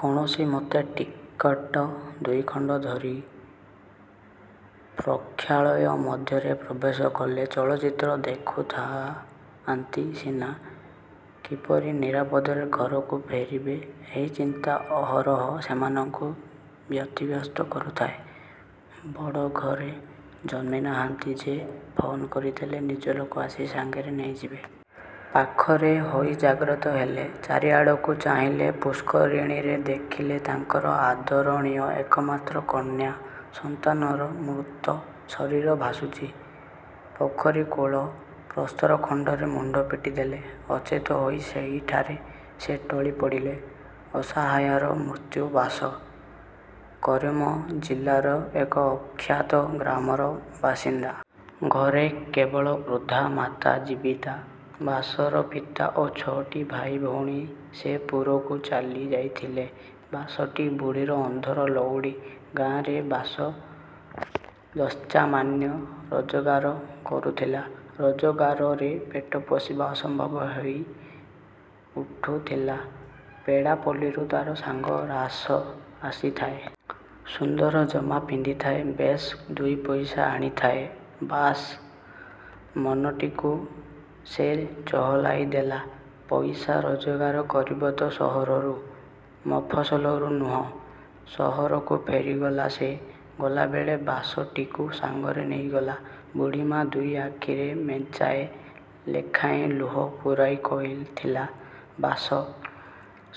କୌଣସି ମତେ ଟିକେଟ ଦୁଇଖଣ୍ଡ ଧରି ପ୍ରୋକ୍ଷାଳୟ ମଧ୍ୟରେ ପ୍ରବେଶ କଲେ। ଚଳଚ୍ଚିତ୍ର ଦେଖୁଥାଆନ୍ତି ସିନା, କିପରି ନିରାପଦରେ ଘରକୁ ଫେରିବେ ଏହି ଚିନ୍ତା ଅହରହ ସେମାନଙ୍କୁ ବ୍ୟତିବ୍ୟସ୍ତ କରୁଥାଏ-। ବଡ଼ ଘରେ ଜନ୍ମି ନାହାନ୍ତି ଯେ, ଫୋନ୍ କରିଦେଲେ ନିଜ ଲୋକ ଆସି ସାଙ୍ଗରେ ନେଇଯିବେ-। ପାଖରେ। ହୋଇ ଜାଗ୍ରତ ହେଲେ-। ଚାରିଆଡ଼କୁ ଚାହିଁଲେ। ପୁଷ୍କରିଣୀରେ ଦେଖିଲେ ତାଙ୍କର ଆଦରଣୀୟା ଏକମାତ୍ର କନ୍ୟା ସନ୍ତାନର ମୃତ ଶରୀର ଭାସୁଚି। ପୋଖରୀ କୁଳ ପ୍ରସ୍ତର ଖଣ୍ଡରେ ମୁଣ୍ଡ ପିଟିଦେଲେ। ଅଚେତ ହୋଇ ସେଇଠାରେ ସେ ଟଳିପଡ଼ିଲେ। ଅସହାୟର ମୃତ୍ୟୁ ବାସ। କରିମ ଜିଲାର ଏକ ଅଖ୍ୟାତ ଗ୍ରାମର ବାସିନ୍ଦା। ଘରେ କେବଳ ବୃଦ୍ଧା ମାତା ଜୀବିତା। ବାସର ପିତା ଓ ଛଅଟି ଭାଇ ଭଉଣୀ ସେପୁରକୁ ଚାଲି ଯାଇଥିଲେ। ବାସଟି ବୁଢ଼ୀର ଅନ୍ଧର ଲଉଡ଼ି। ଗାଁରେ ବାସ ଯତ୍ସାମାନ୍ୟ ରୋଜଗାର କରୁଥିଲା। ରୋଜଗାରରେ ପେଟ ପୋଷିବା ଅସମ୍ଭବ ହେଇ ଉଠୁଥିଲା। ପେଡ଼ାପଲ୍ଲୀରୁ ତାର ସାଙ୍ଗ ରାସ ଆସିଥାଏ। ସୁନ୍ଦର ଜାମା ପିନ୍ଧିଥାଏ। ବେଶ୍ ଦୁଇ ପଇସା ଆଣିଥାଏ। ବାସ ମନଟିକୁ ସେ ଚହଲାଇ ଦେଲା। ପଇସା ରୋଜଗାର କରିବ ତ ସହରରୁ, ମଫସଲରୁ ନୁହ। ସହରକୁ ଫେରିଗଲା ସେ। ଗଲାବେଳେ ବାସଟିକୁ ସାଙ୍ଗରେ ନେଇଗଲା। ବୁଢ଼ୀମା ଦୁଇ ଆଖିରେ ମେଞ୍ଚାଏ ଲେଖାଏଁ ଲୁହ ପୂରାଇ କହିଥିଲା—ବାସ,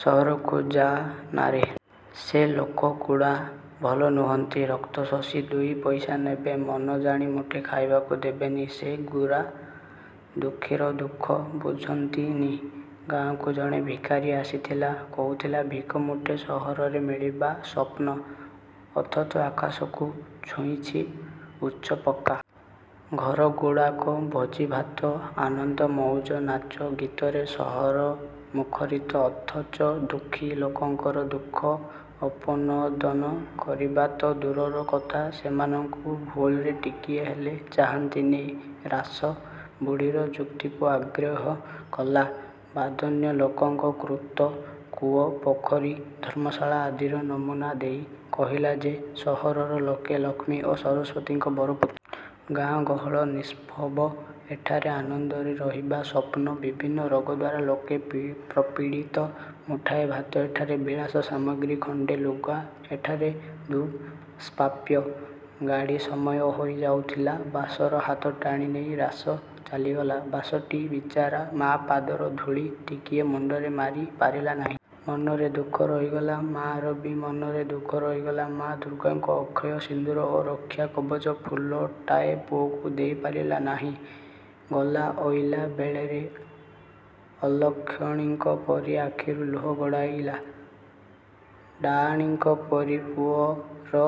ସହରକୁ ଯା ନାରେ। ସେ ଲୋକ ଗୁଡ଼ା ଭଲ ନୁହନ୍ତି। ରକ୍ତଶୋଷି ଦୁଇ ପଇସା ନେବେ। ମନ ଜାଣି ମୁଠେ ଖାଇବାକୁ ଦେବେନି। ସେ ଗୁରା ଦୁଃଖିର ଦୁଃଖ ବୁଝନ୍ତି ନି! ଗାଁକୁ ଜଣେ ଭିକାରୀ ଆସିଥିଲା। କହୁଥିଲା, ଭିକ ମୁଠେ ସହରରେ ମିଳିବା ସ୍ୱପ୍ନ, ଅଥଚ ଆକାଶକୁ ଛୁଉଁଚି ଉଚ୍ଚ ପକ୍କା। ଘରଗୁଡ଼ାକ। ଭୋଜି ଭାତ, ଆନନ୍ଦ ମଉଜ, ନାଚ ଗୀତରେ ସହର ମୁଖରିତ; ଅଥଚ ଦୁଃଖୀ ଲୋକଙ୍କର ଦୁଃଖ ଅପନୋଦନ କରିବା ତ ଦୂରର କଥା, ସେମାନଙ୍କୁ ଭୁଲରେ ଟିକିଏ ହେଲେ ଚାହାନ୍ତିନି। ରାସ, ବୁଢ଼ୀର ଯୁକ୍ତିକୁ ଅଗ୍ରାହ୍ୟ କଲା। ବଦାନ୍ୟ ଲୋକଙ୍କ କୃତ କୂଅ, ପୋଖରୀ, ଧର୍ମଶାଳା ଆଦିର ନମୁନା ଦେଇ, କହିଲା ଯେ ସହରର ଲୋକେ ଲକ୍ଷ୍ମୀ ଓ ସରସ୍ୱତୀଙ୍କ ବରପୁତ୍ର। ଗାଁ ଗହଳ ନିଷ୍ପ୍ରଭ, ଏଠାରେ ଆନନ୍ଦରେ ରହିବା ସ୍ୱପ୍ନ। ବିଭିନ୍ନ ରୋଗ ଦ୍ୱାରା ଲୋକେ ପ୍ରପୀଡ଼ିତ। ମୁଠାଏ ଭାତ ଏଠାରେ ବିଳାସ ସାମଗ୍ରୀ, ଖଣ୍ତେ ଲୁଗା ଏଠାରେ ଦୁଷ୍ପ୍ରାପ୍ୟ। ଗାଡ଼ି ସମୟ ହୋଇ ଯାଉଥିଲା। ବାସର ହାତ ଟାଣିନେଇ ରାସ ଚାଲିଗଲା। ବାସଟି ବିଚରା ମା ପାଦର ଧୂଳି ଟିକିଏ ମୁଣ୍ତରେ ମାରି ପାରିଲା ନାହିଁ। ମନରେ ଦୁଃଖ ରହିଗଲା। ମା'ର ବି ମନରେ ଦୁଃଖ ରହିଗଲା। ମା ଦୁର୍ଗାଙ୍କ ଅକ୍ଷୟ ସିନ୍ଦୂର ଓ ରକ୍ଷା କବଚ ଫୁଲଟାଏ ପୁଅକୁ ଦେଇ ପାରିଲା ନାହିଁ। ଗଲା ଅଇଲା ବେଳରେ ଅଲକ୍ଷଣୀଙ୍କ ପରି ଆଖିରୁ ଲୁହ ଗଡ଼ାଇଲା। ଡାଆଣୀଙ୍କ ପରି ପୁଅର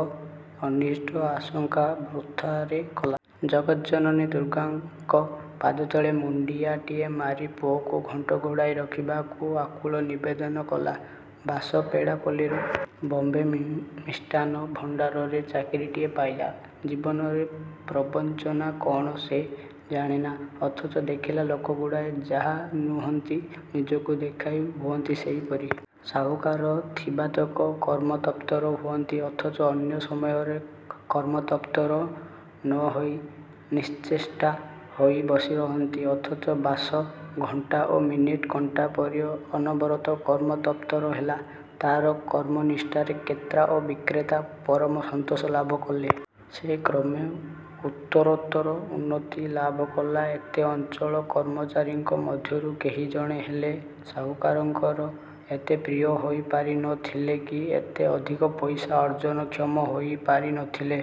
ଅନିଷ୍ଟ ଆଶଙ୍କା ବୃଥାରେ କଲା। ଜଗତ୍ଜନନୀ ଦୁର୍ଗାଙ୍କ ପାଦତଳେ ମୁଣ୍ତିଆଟିଏ ମାରି ପୁଅକୁ ଘଣ୍ଟ ଘୋଡ଼ାଇ ରଖିବାକୁ ଆକୁଳ ନିବେଦନ କଲା। ବାସ ପେଡ଼ାପଲ୍ଲୀର 'ବମ୍ବେ ମିଷ୍ଟାନ ଭଣ୍ତାର'ରେ ଚାକିରୀଟିଏ ପାଇଲା। ଜୀବନରେ ପ୍ରବଞ୍ଚନା କ'ଣ ସେ ଜାଣେନା। ଅଥଚ ଦେଖିଲା ଲୋକଗୁଡ଼ାକ ଯାହା ନୁହନ୍ତି, ନିଜକୁ ଦେଖାଇ ହୁଅନ୍ତି ସେହିପରି। ସାହୁକାର ଥିବାତକ କର୍ମତତ୍ପର ହୁଅନ୍ତି; ଅଥଚ ଅନ୍ୟ ସମୟରେ କର୍ମତତ୍ପର ନ ହୋଇ ନିଶ୍ଚେଷ୍ଟା ହୋଇ ବସି ରହନ୍ତି। ଅଥଚ ବାସ, ଘଣ୍ଟା ଓ ମିନିଟ୍ କଣ୍ଟା ପରି ଅନବରତ କର୍ମତତ୍ପର ହେଲା। ତାର କର୍ମନିଷ୍ଠାରେ କ୍ରେତା ଓ ବିକ୍ରେତା ପରମ ସନ୍ତୋଷ ଲାଭ କଲେ। ସେ କ୍ରମେ ଉତ୍ତରୋତ୍ତର ଉନ୍ନତି ଲାଭ କଲା। ଏତେ ଚଞ୍ଚଳ କର୍ମଚାରୀଙ୍କ ମଧ୍ୟରୁ କେହି ଜଣେ ହେଲେ ସାହୁକାରଙ୍କର ଏତେ ପ୍ରିୟ ହୋଇ ପାରି ନ ଥିଲେ କି ଏତେ ଅଧିକ ପଇସା ଅର୍ଜନକ୍ଷମ ହୋଇ ପାରି ନ ଥିଲେ।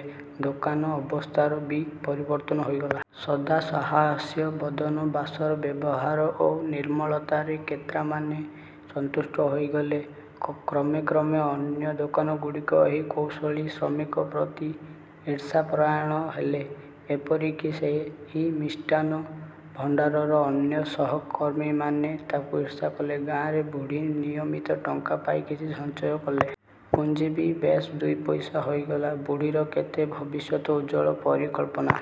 ଦୋକାନ ଅବସ୍ଥାର ବି ପରିବର୍ତ୍ତନ ହୋଇଗଲା। ସଦା ସହାସ୍ୟବଦନ ବାସର ବ୍ୟବହାର ଓ ନିର୍ମଳତାରେ କ୍ରେତାମାନେ ସନ୍ତୁଷ୍ଟ ହୋଇଗଲେ। କ୍ରମେ କ୍ରମେ ଅନ୍ୟ ଦୋକାନଗୁଡ଼ିକ ଏହି କୌଶଳୀ ଶ୍ରମିକ ପ୍ରତି ଈର୍ଷାପରାୟଣ ହେଲେ। ଏପରି କି ସେହି ମିଷ୍ଟାନ ଭଣ୍ତାରର ଅନ୍ୟ ସହକର୍ମୀମାନେ ତାକୁ ଈର୍ଷା କଲେ। ଗାଁରେ ବୁଢ଼ୀ ନିୟମିତ ଟଙ୍କା ପାଇ କିଛି ସଞ୍ଚୟ କଲେ। ପୁଞ୍ଜି ବି ବେଶ୍ ଦୁଇ ପଇସା ହୋଇଗଲା। ବୁଢ଼ୀର କେତେ ଭବିଷ୍ୟତ ଉଜ୍ଜ୍ୱଳ ପରିକଳ୍ପନା।